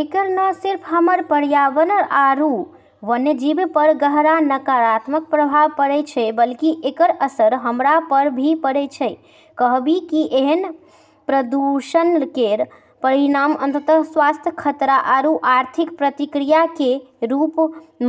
एकर न सिर्फ हमर पर्यावरण आरू वन्यजीव पर गहरा नकारात्मक प्रभाव पड़ै छै, बल्कि एकर असर हमरा पर भी पड़ै छै, कहिबे कि एहन प्रदूषण केर परिणाम अंततः स्वास्थ्य खतरा आरू आर्थिक प्रतिक्रिया के रूप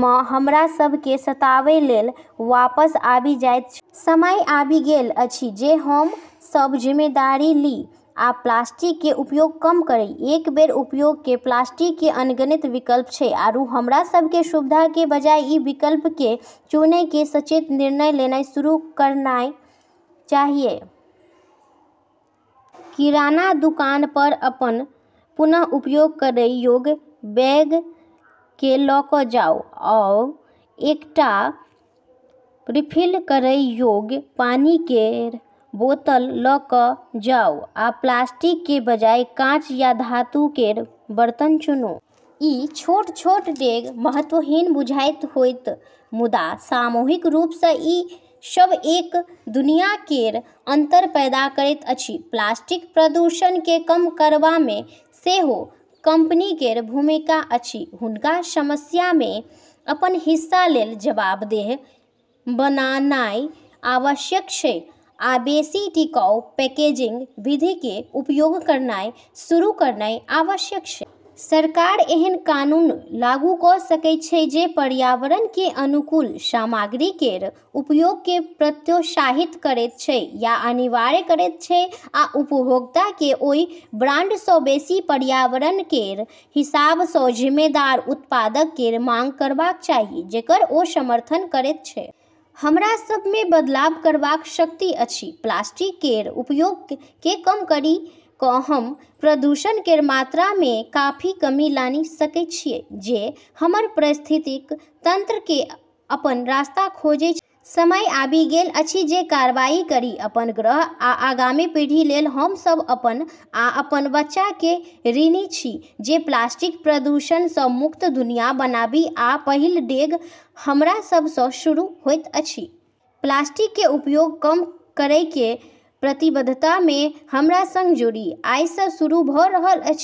मँ हमरा सब केँ सताबै लेल वापस आबी जाइत छै। समय आबि गेल अछि जे हम सब जिम्मेदारी ली आ प्लास्टिक केर उपयोग कम करी। एक बेर उपयोग केर प्लास्टिक के अनगिनत विकल्प छै, आरू हमरा सब केँ सुविधा के बजाय ई विकल्प के चुनै के सचेत निर्णय लेनाय शुरू करना चाहियऽ। किराना दुकान पर अपन पुनः उपयोग करय योग्य बैग केँ लऽ कऽ आऊ, एकटा रिफिल करय योग्य पानी केर बोतल लऽ कऽ जाऊ, आ प्लास्टिक के बजाय कांच या धातु केर बर्तन चुनूँ। ई छोट-छोट डेग महत्वहीन बुझाइत होयत, मुदा सामूहिक रूप सँ, ई सब एक दुनिया केर अंतर पैदा करैत अछि। प्लास्टिक प्रदूषण केँ कम करबा मे सेहो कंपनी केर भूमिका अछि। हुनका समस्या मे अपन हिस्सा लेल जवाबदेह बनानाय आवश्यक छै आ बेसि टिकाऊ पैकेजिंग विधि के उपयोग करनाय शुरू करनाय आवश्यक छै। सरकार एहन कानून लागू कऽ सकै छै जे पर्यावरण के अनुकूल सामग्री केर उपयोग के प्रोत्साहित करैत छै या अनिवार्य करैत छै, आ उपभोक्ता केँ ओय ब्रांड सँ बेसि पर्यावरण केर हिसाब सँ जिम्मेदार उत्पादक केर मांग करबाक चाही, जेकर ओ समर्थन करैत छै। हमरा सब मे बदलाव करबाक शक्ति अछि। प्लास्टिक केर उपयोग केँ कम करी कऽ हम्मं प्रदूषण केर मात्रा मे काफी कमी लानी सकै छियै जे हमर पारिस्थितिकी तंत्र मे अपन रास्ता खोजै छै। समय आबि गेल अछि जे कार्रवाई करी, अपन ग्रह आ आगामी पीढ़ी लेल। हम सब अपन आ अपन बच्चा के ऋणी छी जे प्लास्टिक प्रदूषण सँ मुक्त दुनिया बनाबी, आ पहिल डेग हमरा सब सँ शुरू होइत अछि। प्लास्टिक के उपयोग कम करय केर प्रतिबद्धता मे हमरा संग जुड़ी, आइ सँ शुरू भऽ रहल अछि।